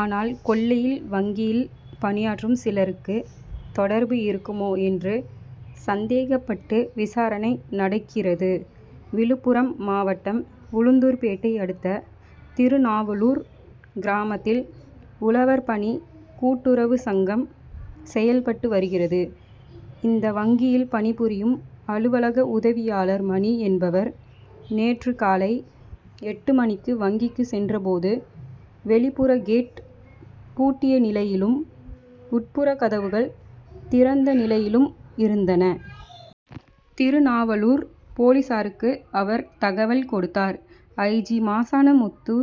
ஆனால், கொள்ளையில் வங்கியில் பணியாற்றும் சிலருக்கு தொடர்பு இருக்குமோ என்று சந் தேகப்பட்டு விசாரணை நடக் கிறது. விழுப்புரம் மாவட்டம் உளுந் தூர்பேட்டை அடுத்த திருநாவலூர் கிராமத்தில் உழவர் பணி கூட்டுறவு சங்கம் செயல்பட்டு வருகிறது. இந்த வங்கியில் பணிபுரியும் அலுவலக உதவியாளர் மணி என்பவர் நேற்று காலை எட்டு மணிக்கு வங்கிக்கு சென்றபோது, வெளிப்புற கேட் பூட்டிய நிலையிலும், உட்புற கதவுகள் திறந்த நிலையிலும் இருந்தன. திருநாவலூர் போலீசாருக்கு அவர் தகவல் கொடுத்தார். I. G., Masanamuthu,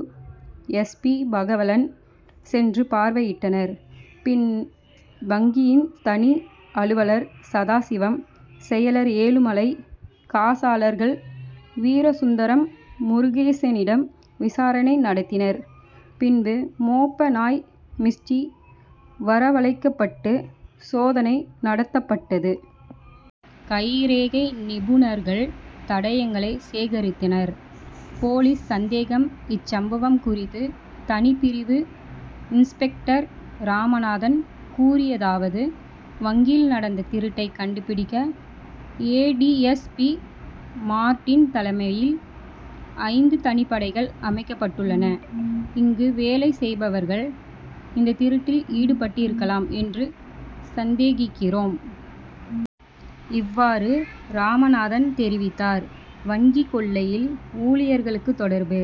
S. P., Pagalavan சென்று பார்வையிட்டனர். பின், வங்கியின் தனி அலுவலர் சதாசிவம், செயலர் ஏழுமலை, காசாளர்கள் வீரசுந்தரம், முருகேசனிடம் விசாரணை நடத்தினர். பின்பு மோப்ப நாய் மிஸ்டி வரவழைக்கப்பட்டு சோதனை நடத் தப்பட்டது. கைரேகை நிபுணர் கள் தடயங்களை சேகரித்தனர். போலீஸ் சந்தேகம் இச்சம்பவம் குறித்து தனிப்பிரிவு இன்ஸ் பெக் டர் ராமநாதன் கூறியதாவது: வங்கியில் நடந்த திருட்டை கண்டுபிடிக்க A. D. S. P., Martin தலைமையில் ஐந்து தனிப்படைகள் அமைக்கப்பட்டுள்ளன. இங்கு வேலை செய்பவர்கள் இந்த திருட்டில் ஈடுபட்டிருக்கலாம் என்று சந்தேகிக்கிறோம். இவ் வாறு ராமநாதன் தெரிவித்தார். வங்கி கொள்ளையில் ஊழியர்களுக்கு தொடர்பு?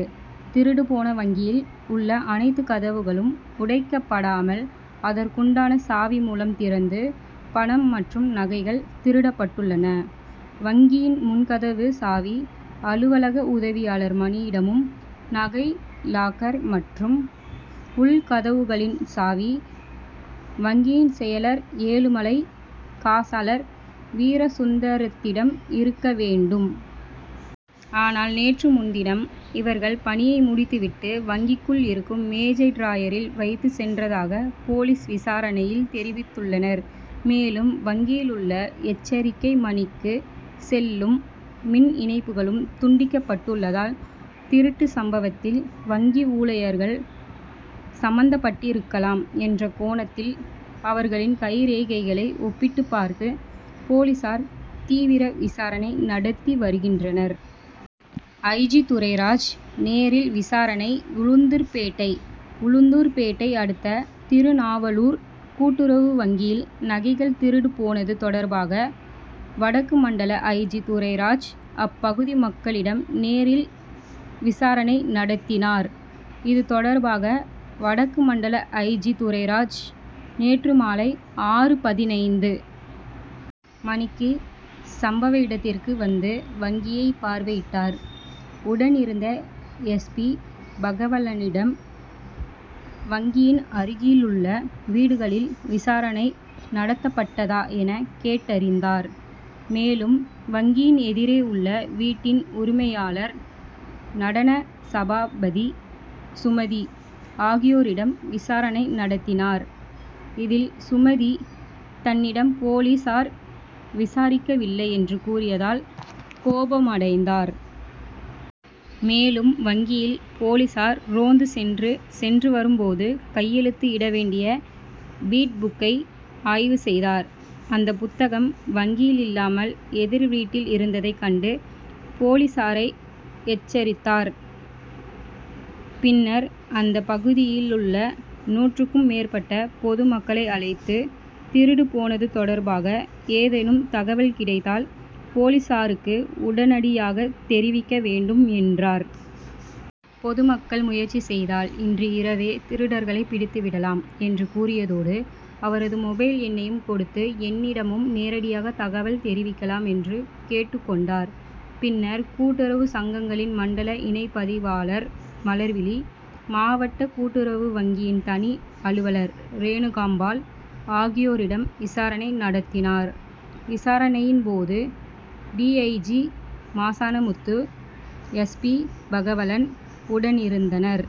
திருடுபோன வங்கியில் உள்ள அனைத்து கதவுகளும் உடைக்கப்படாமல் அதற்குண்டான சாவி மூலம் திறந்து, பணம் மற்றும் நகைகள் திருடப்பட்டுள்ளன. வங்கியின் முன் கதவு சாவி அலுவலக உதவியாளர் மணியிடமும், நகை லாக்கர் மற்றும் உள் கதவுகளின் சாவி, வங்கியின் செயலர் ஏழுமலை, காசாளர் வீரசுந்தரத்திடம் இருக்க வேண்டும். ஆனால் நேற்று முன்தினம் இவர்கள் பணியை முடித்துவிட்டு, வங்கிக்குள் இருக்கும் மேஜை டிராயரில் வைத்துச் சென்றதாக போலீஸ் விசாரணையில் தெரிவித்துள்ளனர். மேலும், வங்கியில் உள்ள எச்சரிக்கை மணிக்கு செல்லும் மின் இணைப்புகளும் துண்டிக்கப்பட் டுள்ளதால், திருட்டு சம்பவத்தில் வங்கி ஊழியர்கள் சம்பந்தப்பட்டிருக்கலாம் என்ற கோணத் தில், அவர்களின் கைரேகைகளை ஒப்பிட்டுப் பார்த்து போலீசார் தீவிர விசாரணை நடத்தி வருகின்றனர். ஐ. ஜி., துரைராஜ் நேரில் விசாரணை உளுந்தூர்பேட்டை உளுந்தூர்பேட்டை அடுத்த திருநாவலூர் கூட்டுறவு வங்கியில் நகைகள் திருடு போனது தொடர்பாக வடக்கு மண்டல ஐ. ஜி., துரைராஜ் அப்பகுதி மக்களிடம் நேரில் விசாரணை நடத்தினார். இது தொடர்பாக வடக்கு மண்டல ஐ. ஜி., துரைராஜ் நேற்று மாலை ஆறு.பதினைந்து மணிக்கு சம்பவ இடத் திற்கு வந்து வங்கியை பார்வையிட்டார். உடனிருந்த எஸ். பி. பகவலனிடம் வங்கியின் அருகிலுள்ள வீடுகளில் விசாரணை நடத்தப்பட்டதா என கேட்டறிந்தார். மேலும் வங்கியின் எதிரே உள்ள வீட்டின் உரிமையாளர் நடன சபாபதி, சுமதி ஆகியோரிடம் விசாரணை நடத்தினார். இதில் சுமதி தன்னிடம் போலீசார் விசாரிக்கவில்லை என்று கூறியதால் கோபமடைந்தார். மேலும் வங்கியில் போலீசார் ரோந்து சென்று சென்று வரும் போது கையெழுத்து இடவேண்டிய பீட் புக்கை ஆய்வு செய்தார். அந்த புத்தகம் வங்கியில் இல்லாமல் எதிர் வீட்டில் இருந்ததை கண்டு போலீசாரை எச்சரித்தார். பின்னர் அந்தப் பகுதியிலுள்ள நூற்றுக்கும் மேற்பட்ட பொது மக்களை அழைத்து திருடு போனது தொடர் பாக ஏதேனும் தகவல் கிடைத்தால் போலீசாருக்கு உடனடியாக தெரிவிக்க வேண்டும் என்றார். பொதுமக்கள் முயற்சி செய்தால் இன்று இரவே திருடர்களை கண்டுபிடித்து விடலாம் என்று கூறியதோடு, அவரது மொபைல் எண்ணையும் கொடுத்து என்னிடமும் நேரடியாக தகவல் தெரிவிக்கலாம் என்று கேட்டுக் கொண்டார். பின்னர் கூட்டுறவு சங்கங்களின் மண்டல இணைப்பதிவாளர் மலர் விழி, மாவட்ட கூட்டுறவு வங்கியின் தனி அலுவலர் ரேணுகாம்பாள் ஆகியோரிடம் விசாரணை நடத்தினார். விசாரணையின் போது டி. ஐ. G., Masanamuthu, S. பி.பகலவன் உடனிருந்தனர்.